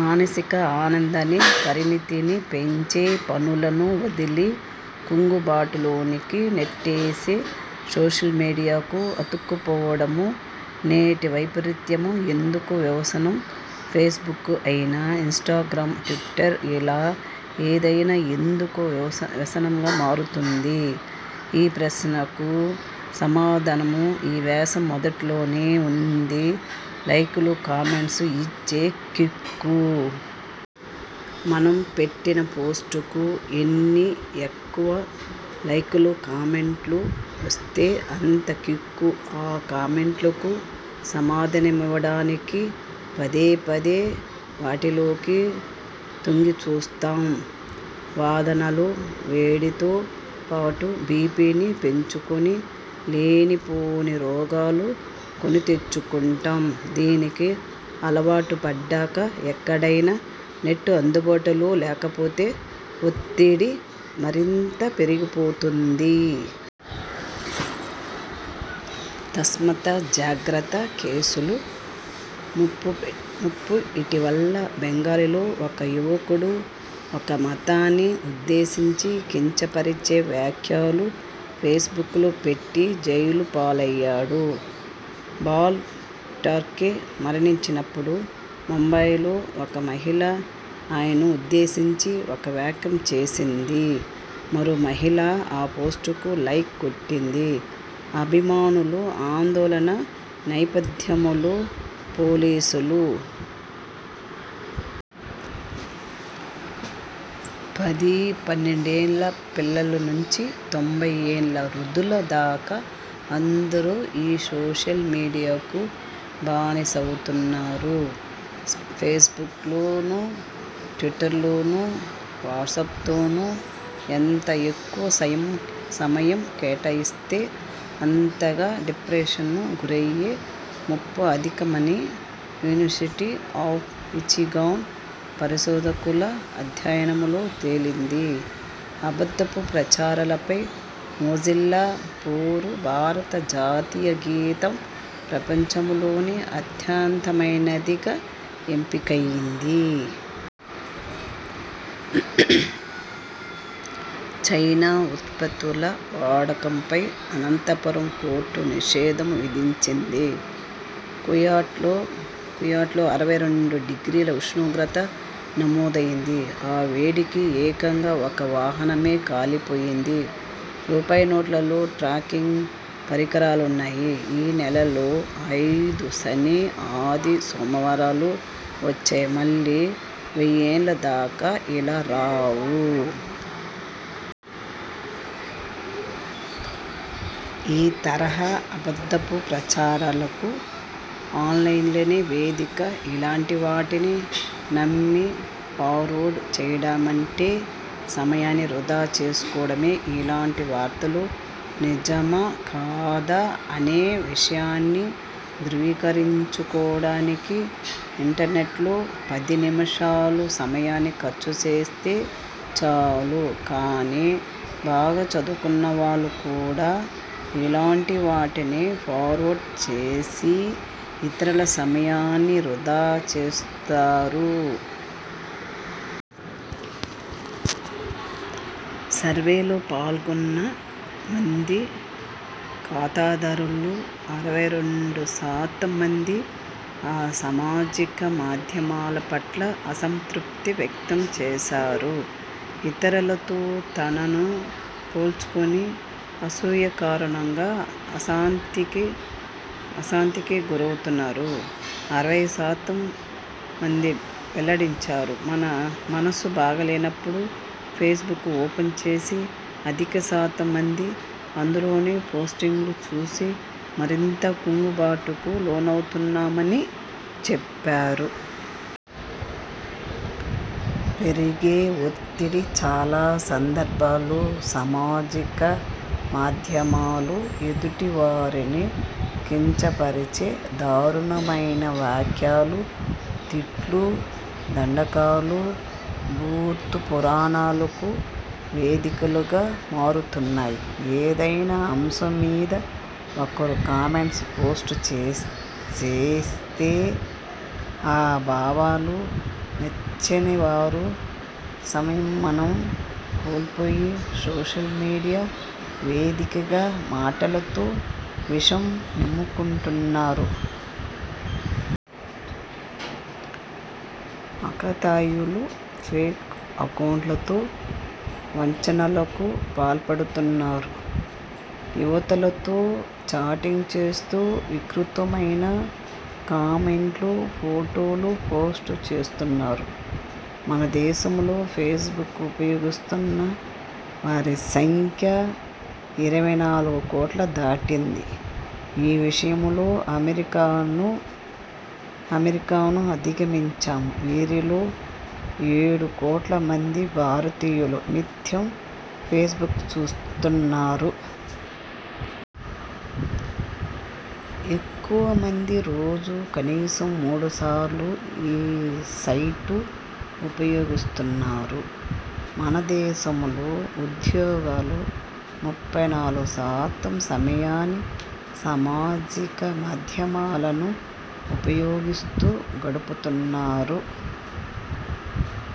మానసిక ఆనందాన్ని, పరిణతిని పెంచే పనులను వదిలి.. కుంగుబాటులోకి నెట్టేసే సోషల్మీడియాకు అతుక్కుపోవడం నేటి వైపరీత్యం. ఎందుకు వ్యసనం? ఫేస్బుక్ అయినా.. ఇన్స్టాగ్రామ్, ట్విటర్.. ఇలా ఏదైనా ఎందుకు వ్యసనంగా మారుతుంది? ఈ ప్రశ్నకు సమాధానం ఈ వ్యాసం మొదట్లోనే ఉంది. లైకులు, కామెంట్లు ఇచ్చే కిక్కు. మనం పెట్టిన పోస్టుకు ఎన్ని ఎక్కువ లైకులు, కామెంట్లు వస్తే అంత కిక్కు. ఆ కామెంట్లకు సమాధానమివ్వడానికి పదేపదే వాటిలోకి తొంగిచూస్తాం. వాదనల వేడితో పాటు బీపీని పెంచుకుని లేనిపోని రోగాలు కొనితెచ్చుకుంటాం. దీనికి అలవాటు పడ్డాక.. ఎక్కడైనా నెట్ అందుబాటులో లేకపోతే ఒత్తిడి మరింత పెరిగిపోతుంది. తస్మాత్ జాగ్రత్త!! కేసుల ముప్పుఇటీవల బెంగాల్లో ఒక యువకుడు ఒక మతాన్ని ఉద్దేశించి కించపరిచే వ్యాఖ్యలు ఫేస్బుక్లో పెట్టి జైలుపాలయ్యాడు. బాల్ ఠాక్రే మరణించినప్పుడు ముంబైలో ఒక మహిళ ఆయన్ను ఉద్దేశించి ఒక వ్యాఖ్య చేసింది. మరో మహిళ ఆ పోస్టుకు లైక్ కొట్టింది. అభిమానుల ఆందోళన నేపథ్యంలో పోలీసులు.. పది పన్నెండు ఏళ్ల పిల్లల నుంచి తొంభై ఏళ్ల వృద్ధుల దాకా అందరూ ఈ సోషల్ మీడియాకు బానిసలవుతున్నారు. ఫేస్బుక్లోనో.. ట్విటర్లోనో.. వాట్స్పతోనో ఎంత ఎక్కువ సేన్ సమయం కేటాయిస్తే అంతగా డిప్రెషన్కు గురయ్యే ముప్పు అధికమని యూనివర్సిటీ ఆఫ్ మిచిగాన్ పరిశోధకుల అధ్యయనంలో తేలింది. అబద్ధపు ప్రచారాలపై మొజిల్లా పోరు ''భారత జాతీయగీతం ప్రపంచంలోనే అత్యంతమమైనదిగా ఎంపికైంది.. చైనా ఉత్పత్తుల వాడకంపై అనంతపురం కోర్టు నిషేధం విధించింది.. క్యాంట్లో కువాయిట్లో అరవై రెండు డిగ్రీల ఉష్ణోగ్రత నమోదైంది, ఆ వేడికి ఏకంగా ఒక వాహనమే కాలిపోయింది.. రూపయి. నోటులో ట్రాకింగ్ పరికరాలున్నాయి.. ఈ నెలలో ఐదు శని, ఆది, సోమవారాలు వచ్చాయి మళ్లీ వెయ్యేళ్ల దాకా ఇలా రావు.. '' ఈ తరహా అబద్ధపు ప్రచారాలకు ఆన్లైనే వేదిక. ఇలాంటివాటిని నమ్మి ఫార్వర్డ్ చేయడమంటే సమయాన్ని వృథా చేసుకోవడమే. ఇలాంటి వార్తలు నిజమా కాదా అనే విషయాన్ని ధ్రువీకరించుకోవడానికి ఇంటర్నెట్లో పది నిమిషాల సమయాన్ని ఖర్చు చేస్తే చాలు. కానీ, బాగా చదువుకున్నవాళ్లు కూడా ఇలాంటివాటిని ఫార్వర్డ్ చేసి ఇతరుల సమయాన్ని వృథా చేస్తారు. సర్వేలో పాల్గొన్న మంది ఖాతాదారుల్లో అరవై రెండు శాతం మంది ఆ సామాజిక మాధ్యమాల పట్ల అసంతృప్తి వ్యక్తం చేశారు. ఇతరులతో తమను పోల్చుకుని అసూయ కారణంగా ఆశాంతికి అశాంతికి గురౌతున్నామని అరవై శాతం మంది వెల్లడించారు. మన సు బాగాలేనప్పుడు ఫేస్బుక్ ఓపెన్ చేసిన అధిక శాతం మంది అందులోని పోస్టింగ్లు చూసి మరింత కుంగుబాటుకు లోనవుతున్నామని చెప్పారు. పెరిగే ఒత్తిడి.. చాలా సందర్భాల్లో సామాజిక మాధ్యమాలు ఎదుటి వారిని కించపరిచే దారుణమైన వ్యాఖ్యలు, తిట్ల దండకాలు, బూతు పురాణాలకు వేదికలుగా మారుతున్నాయి. ఏదైనా అంశం మీద ఒకరు కామెంట్ పోస్ట్ చేస్తే.. ఆ భావాలు నచ్చనివారు సమనం కోల్పోయి సోషల్ మీడియా వేదికగా మాటలతో విషం చిమ్ముకుంటున్నారు. ఆకతాయిలు ఫేక్ అకౌంట్లతో వంచనలకు పాల్పడుతున్నారు. యువతులతో చాటింగ్ చేస్తూ వికృతమైన కామెంట్లు, ఫొటోలు పోస్ట్ చేస్తున్నారు. మన దేశంలో ఫేస్బుక్ ఉపయోగిస్తున్న వారి సంఖ్య ఇరవై నాలుగు కోట్లు దాటింది. ఈ విషయంలో అమెరికాను అమెరికాను అధిగమించాం. వీరిలో ఏడు కోట్ల మంది భారతీయులు నిత్యం ఫేస్బుక్ చూస్తున్నారు. ఎక్కువ మంది రోజూ కనీసం మూడుసార్లు ఈ సైట్ ఉపయోగిస్తున్నారు. మన దేశంలో ఉద్యోగులు ముప్పై నాలుగుశాతం సమయాన్ని సామాజిక మాధ్యమాలను ఉపయోగిస్తూ గడుపుతున్నారు.